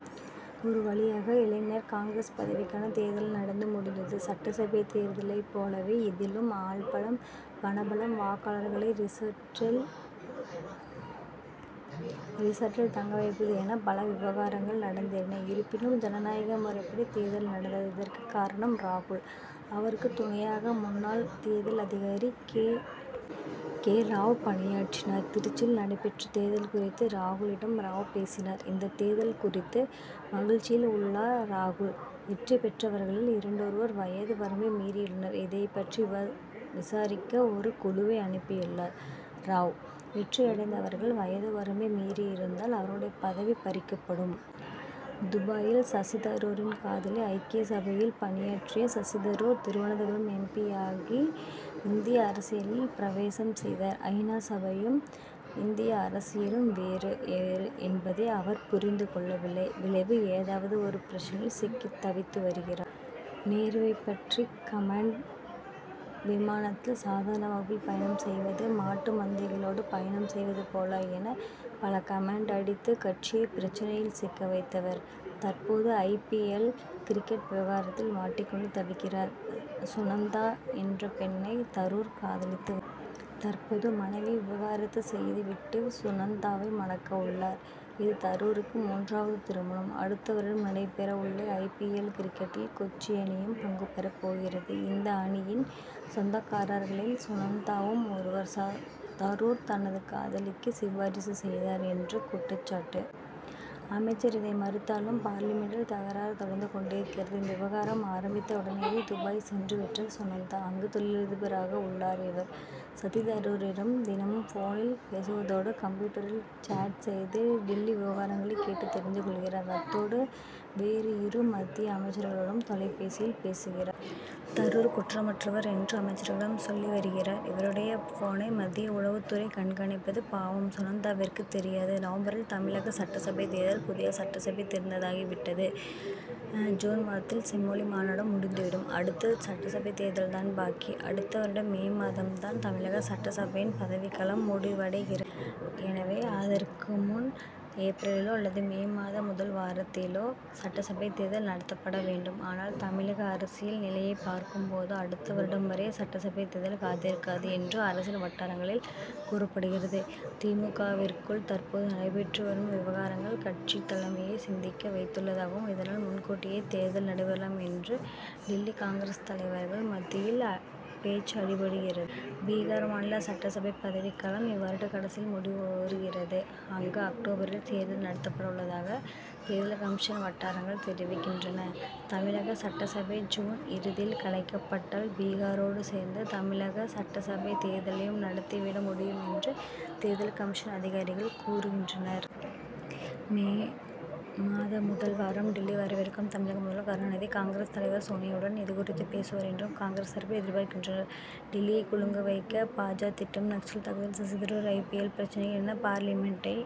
ஒரு வழியாக, இளைஞர் காங்கிரஸ் பதவிக்கான தேர்தல் நடந்து முடிந்தது. சட்டசபை தேர்தலைப் போலவே இதிலும், ஆள்பலம், பணபலம், வாக்காளர்களை ரிசார்ட்டில் தங்க வைப்பது என, பல விவகாரங்கள் நடந்தேறின. இருப்பினும், ஜனநாயக முறைப்படி தேர்தல் நடந்தது. இதற்குக் காரணம் ராகுல். அவருக்கு துணையாக, முன்னாள் தேர்தல் அதிகாரி கே. ஜே. ராவ் பணியாற்றினார். திருச்சியில் நடைபெற்ற, தேர்தல் குறித்து ராகுலிடம் ராவ் பேசினார். இந்த தேர்தல் குறித்து, மகிழ்ச்சியில் உள்ளார் ராகுல். வெற்றி பெற்றவர்களில் இரண்டொருவர், வயது வரம்பை மீறியுள்ளனர். இதைப் பற்றி விசாரிக்க ஒரு குழுவை, அனுப்பியுள்ளார் ராவ். வெற்றியடைந்தவர்கள் வயது வரம்பை மீறியிருந்தால், அவர்களுடைய பதவி பறிக்கப்படும். துபாயில் சசி தரூரின் காதலி ஐக்கிய சபையில் பணியாற்றிய சசி தரூர், திருவனந்தபுரம் எம். பி.,யாகி இந்திய அரசியலில் பிரவேசம் செய்தார். ஐ. நா., சபையும், இந்திய அரசியலும் வேறு, வேறு என்பதை அவர் புரிந்து கொள்ளவில்லை. விளைவு, ஏதாவது ஒரு பிரச்னையில் சிக்கி தவித்து வருகிறார். நேருவைப் பற்றி கமென்ட், விமானத்தில் சாதாரண வகுப்பில் பயணம் செய்வது, மாட்டு மந்தைகளோடு பயணம் செய்வது போல என, பல கமென்ட் அடித்து கட்சியை பிரச்னையில் சிக்க வைத்தவர். தற்போது, ஐ. பி. எல். கிரிக்கெட் விவகாரத்தில் மாட்டிக் கொண்டு தவிக்கிறார். சுனந்தா என்ற பெண்ணை, தரூர் காதலித்து வருகிறார். தற்போதுள்ள மனைவியை விவாகரத்து செய்துவிட்டு, சுனந்தாவை மணக்க உள்ளார். இது, தரூருக்கு மூன்றாவது திருமணம். அடுத்த வருடம் நடைபெற உள்ள ஐ. பி. எல்., கிரிக்கெட்டில் கொச்சி அணியும், பங்கு பெறப்போகிறது. இந்த அணியின் சொந்தக்காரர்களில், சுனந்தாவும் ஒருவர். தரூர் தனது காதலிக்கு, சிபாரிசு செய்தார் என்று, குற்றச்சாட்டு. அமைச்சர் இதை மறுத்தாலும், பார்லிமென்ட்டில் தகராறு தொடர்ந்து கொண்டிருக்கிறது. இந்த விவகாரம் ஆரம்பித்த உடனேயே, துபாய் சென்றுவிட்டார் சுனந்தா. அங்கு, தொழிலதிபராக உள்ளார் இவர். சசி தரூரிடமும் தினமும் போனில் பேசுவதோடு, கம்ப்யூட்டரில் சேட் செய்து டில்லி விவகாரங்களை கேட்டு தெரிந்து கொள்கிறார். அத்தோடு, வேறு இரு மத்திய அமைச்சர்களோடும் தொலைபேசியில் பேசுகிறார். தரூர் குற்றமற்றவர் என்று, அமைச்சர்களிடம் சொல்லி வருகிறார். இவருடைய போனை, மத்திய உளவுத் துறை கண்காணிப்பது, பாவம் சுனந்தாவிற்கு தெரியாது. நவம்பரில் தமிழக சட்டசபை தேர்தல்? புதிய சட்டசபை திறந்தாகிவிட்டது. ஜூன் மாதத்தில் செம்மொழி மாநாடும் முடிந்துவிடும். அடுத்தது சட்டசபைத் தேர்தல்தான் பாக்கி. அடுத்த வருடம் மே மாதம் தான், தமிழக சட்டசபையின் பதவிக்காலம் முடிவடைகிறது. எனவே, அதற்கு முன் ஏப்ரலிலோ அல்லது மே மாத முதல் வாரத்திலோ, சட்டசபை தேர்தல் நடத்தப்பட வேண்டும். ஆனால், தமிழக அரசியல் நிலையைப் பார்க்கும் போது, அடுத்த வருடம் வரை சட்டசபை தேர்தல் காத்திருக்காது என்று, அரசியல் வட்டாரங்களில் கூறப்படுகிறது. தி. மு. க.,விற்குள், தற்போது நடைபெற்று வரும் விவகாரங்கள், கட்சித் தலைமையை சிந்திக்க வைத்துள்ளதாகவும், இதனால், முன்கூட்டியே தேர்தல் நடைபெறலாம் என்று, டில்லி காங்கிரஸ் தலைவர்கள் மத்தியில் பேச்சு அடிபடுகிறது. பீகார் மாநில சட்டசபை பதவிக்காலம், இவ்வருட கடைசியில் முடிவுறுகிறது. அங்கு அக்டோபரில், தேர்தல் நடத்தப்பட உள்ளதாக, தேர்தல் கமிஷன் வட்டாரங்கள் தெரிவிக்கின்றன. தமிழக சட்டசபை ஜூன் இறுதியில் கலைக்கப்பட்டால், பீகாரோடு சேர்ந்து தமிழக சட்டசபை தேர்தலையும், நடத்தி விட முடியும் என்று, தேர்தல் கமிஷன் அதிகாரிகள் கூறுகின்றனர். மே மாத முதல் வாரம் டில்லி வரவிருக்கும் தமிழக முதல்வர் கருணாநிதி, காங்கிரஸ் தலைவர் சோனியாவுடன் இது குறித்து பேசுவார் என்றும், காங்கிரஸ் தரப்பில் எதிர்பார்க்கின்றனர். டில்லியை குலுங்க வைக்க பா. ஜ., திட்டம் நக்சல் தாக்குதல், Shashi Tharoor I. P. L., பிரச்னைகள் என பார்லிமென்ட்டை